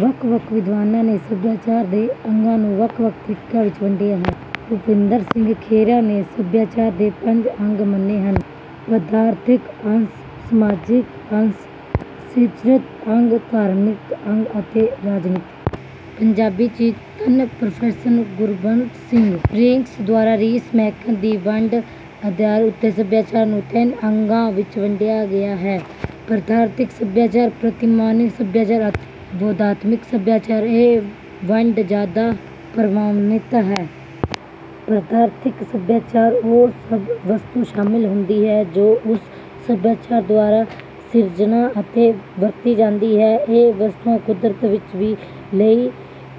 ਵੱਖ ਵੱਖ ਵਿਦਵਾਨਾਂ ਨੇ ਸੱਭਿਆਚਾਰ ਦੇ ਅੰਗਾਂ ਨੂੰ ਵੱਖ ਵੱਖ ਤਰੀਕਿਆਂ ਵਿੱਚ ਵੰਡਿਆ ਹੈ। ਭੁਪਿੰਦਰ ਸਿੰਘ ਖਹਿਰਾ ਨੇ ਸੱਭਿਆਚਾਰ ਦੇ ਪੰਜ ਅੰਗ ਮੰਨੇ ਹਨ ਪਦਾਰਥਕ ਅੰਗ ਸਮਾਜਕ ਅੰਗ ਸੰਚਾਰਤ ਅੰਗ ਧਾਰਮਕ ਅੰਗ ਅਤੇ ਰਾਜਨੀਤੀ। ਪੰਜਾਬੀ ਚਿੰਤਨ ਪ੍ਰੋਫੈਸਰ ਗੁਰਬਖਸ਼ ਸਿੰਘ ਫ਼ਰੈਂਕ ਦੁਆਰਾ ਰੀਸ ਮੈਕਗੀ ਦੀ ਵੰਡ ਦੇ ਆਧਾਰ ਉੱਤੇ ਸੱਭਿਆਚਾਰ ਨੂੰ ਤਿੰਨ ਅੰਗਾਂ ਵਿੱਚ ਵੰਡਿਆ ਗਿਆ ਹੈ ਪਦਾਰਥਕ ਸੱਭਿਆਚਾਰ ਪ੍ਰਤਿਮਾਨਕ ਸੱਭਿਆਚਾਰ ਅਤੇ ਬੋਧਾਤਮਿਕ ਸੱਭਿਆਚਾਰ। ਇਹ ਵੰਡ ਜ਼ਿਆਦਾ ਪ੍ਰਵਾਨਿਤ ਹੈ। ਪਦਾਰਥਕ ਸੱਭਿਆਚਾਰ ਵਿੱਚ ਉਹ ਸਭ ਵਸਤਾਂ ਸ਼ਾਮਲ ਹੁੰਦੀਆਂ ਹਨ ਜੋ ਉਸ ਸੱਭਿਆਚਾਰ ਦੁਆਰਾ ਸਿਰਜੀਆਂ ਅਤੇ ਵਰਤੀਆਂ ਜਾਂਦੀਆਂ ਹਨ। ਇਹ ਵਸਤਾਂ ਕੁਦਰਤ ਵਿੱਚੋਂ ਵੀ ਲਈਆਂ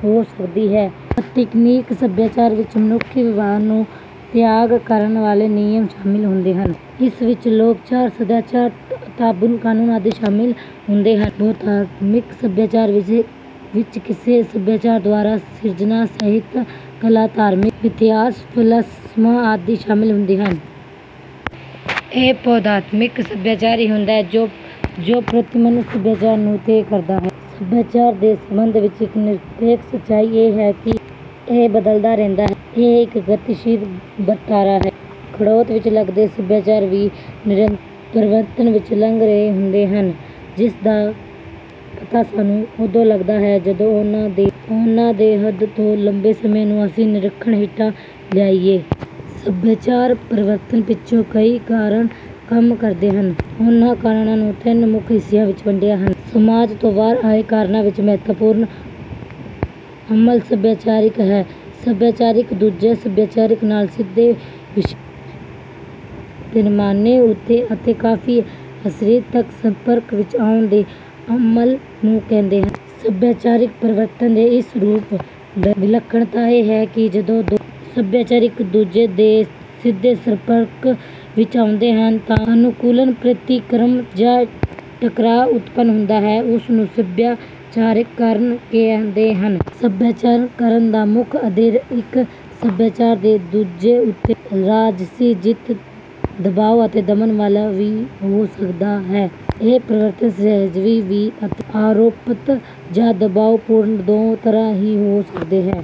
ਹੋ ਸਕਦੀਆਂ ਹਨ। ਪ੍ਰਤਿਮਾਨਿਕ ਸੱਭਿਆਚਾਰ ਵਿੱਚ ਮਨੁੱਖੀ ਵਿਹਾਰ ਨੂੰ ਤੈਅ ਕਰਨ ਵਾਲੇ ਨਿਯਮ ਸ਼ਾਮਲ ਹੁੰਦੇ ਹਨ। ਇਸ ਵਿੱਚ ਲੋਕਾਚਾਰ ਸਦਾਚਾਰ ਤਾਬੂ ਕਾਨੂੰਨ ਆਦਿ ਸ਼ਾਮਲ ਹੁੰਦੇ ਹਨ। ਬੋਧਾਤਮਿਕ ਸੱਭਿਆਚਾਰ ਵਿੱਚ ਕਿਸੇ ਸੱਭਿਆਚਾਰ ਦੁਆਰਾ ਸਿਰਜਿਆ ਸਾਹਿਤ ਕਲਾ ਧਰਮ ਮਿਥਿਹਾਸ ਫ਼ਲਸਫ਼ਾ ਆਦਿ ਸ਼ਾਮਲ ਹੁੰਦੇ ਹਨ। ਇਹ ਬੋਧਾਤਮਿਕ ਸੱਭਿਆਚਾਰ ਹੀ ਹੁੰਦਾ ਹੈ ਜੋ ਪ੍ਰਤਿਮਾਨਿਕ ਸੱਭਿਆਚਾਰ ਨੂੰ ਤੈਅ ਕਰਦਾ ਹੈ। ਸੱਭਿਆਚਾਰ ਦੇ ਸੰਬੰਧ ਵਿੱਚ ਇੱਕ ਨਿਰਪੇਖ ਸਚਾਈ ਇਹ ਹੈ ਕਿ ਇਹ ਬਦਲਦਾ ਰਹਿੰਦਾ ਹੈ। ਇਹ ਇੱਕ ਗਤੀਸ਼ੀਲ ਵਰਤਾਰਾ ਹੈ। ਖੜੋਤ ਵਿੱਚ ਲੱਗਦੇ ਸਭਿਆਚਾਰ ਵੀ ਨਿਰੰਤਰ ਪਰਿਵਰਤਨ ਵਿੱਚੋਂ ਲੰਘ ਰਹੇ ਹੁੰਦੇ ਹਨ ਜਿਸ ਦਾ ਪਤਾ ਸਾਨੂੰ ਉਦੋਂ ਲੱਗਦਾ ਹੈ ਜਦੋਂ ਇਹਨਾਂ ਦੀ ਹੋਂਦ ਦੇ ਲੰਮੇ ਸਮੇਂ ਨੂੰ ਅਸੀਂ ਨਿਰੀਖਣ ਹੇਠ ਲਿਆਈਏ। ਸੱਭਿਆਚਾਰ ਪਰਿਵਰਤਨ ਪਿੱਛੇ ਕਈ ਕਾਰਨ ਕੰਮ ਕਰਦੇ ਹਨ। ਇਨ੍ਹਾਂ ਕਾਰਨਾਂ ਨੂੰ ਤਿੰਨ ਮੁੱਖ ਹਿੱਸਿਆਂ ਵਿੱਚ ਵੰਡਦੇ ਹਨ। ਸਮਾਜ ਤੋਂ ਬਾਹਰ ਆਏ ਕਾਰਨਾਂ ਵਿੱਚ ਮਹੱਤਵਪੂਰਨ ਅਮਲ ਸੱਭਿਆਚਾਰੀਕਰਨ ਹੈ। ਸੱਭਿਆਚਾਰੀਕਰਨ ਦੂਜੇ ਸਭਿਆਚਾਰ ਨਾਲ ਸਿੱਧਾ ਵਿਸ਼ਾਲ ਪੈਮਾਨੇ ਉੱਤੇ ਅਤੇ ਕਾਫ਼ੀ ਅਰਸੇ ਤੱਕ ਸੰਪਰਕ ਵਿੱਚ ਆਉਣ ਦੇ ਅਮਲ ਨੂੰ ਕਹਿੰਦੇ ਹਨ। ਸੱਭਿਆਚਾਰਕ ਪਰਿਵਰਤਨ ਦੇ ਇਸ ਸਰੂਪ ਦੀ ਵਿਲੱਖਣਤਾ ਇਹ ਹੈ ਕਿ ਜਦੋਂ ਦੋ ਸਭਿਆਚਾਰ ਇੱਕ ਦੂਜੇ ਦੇ ਸਿੱਧੇ ਸੰਪਰਕ ਵਿੱਚ ਆਉਂਦੇ ਹਨ ਤਾਂ ਅਨੁਕੁਲਣ ਪ੍ਰਤਿਕਰਮ ਜਾਂ ਟਕਰਾਅ ਉਤਪੰਨ ਹੁੰਦਾ ਹੈ ਉਸ ਨੂੰ ਸੱਭਿਆਚਾਰੀਕਰਨ ਕਹਿੰਦੇ ਹਨ। ਸੱਭਿਆਚਾਰੀਕਰਨ ਦਾ ਮੁੱਖ ਆਧਾਰ ਇੱਕ ਸੱਭਿਆਚਾਰ ਦੀ ਦੂਸਰੇ ਉੱਤੇ ਰਾਜਸੀ ਜਿੱਤ ਦਬਾਉ ਅਤੇ ਦਮਨ ਵਾਲਾ ਵੀ ਹੋ ਸਕਦਾ ਹੈ। ਇਹ ਪਰਿਵਰਤਨ ਸਹਿਜ ਵੀ ਅਤੇ ਆਰੋਪਤ ਜਾਂ ਦਬਾਉਪੂਰਣ ਦੋਹਾਂ ਤਰਾਂ ਦਾ ਹੋ ਸਕਦਾ ਹੈ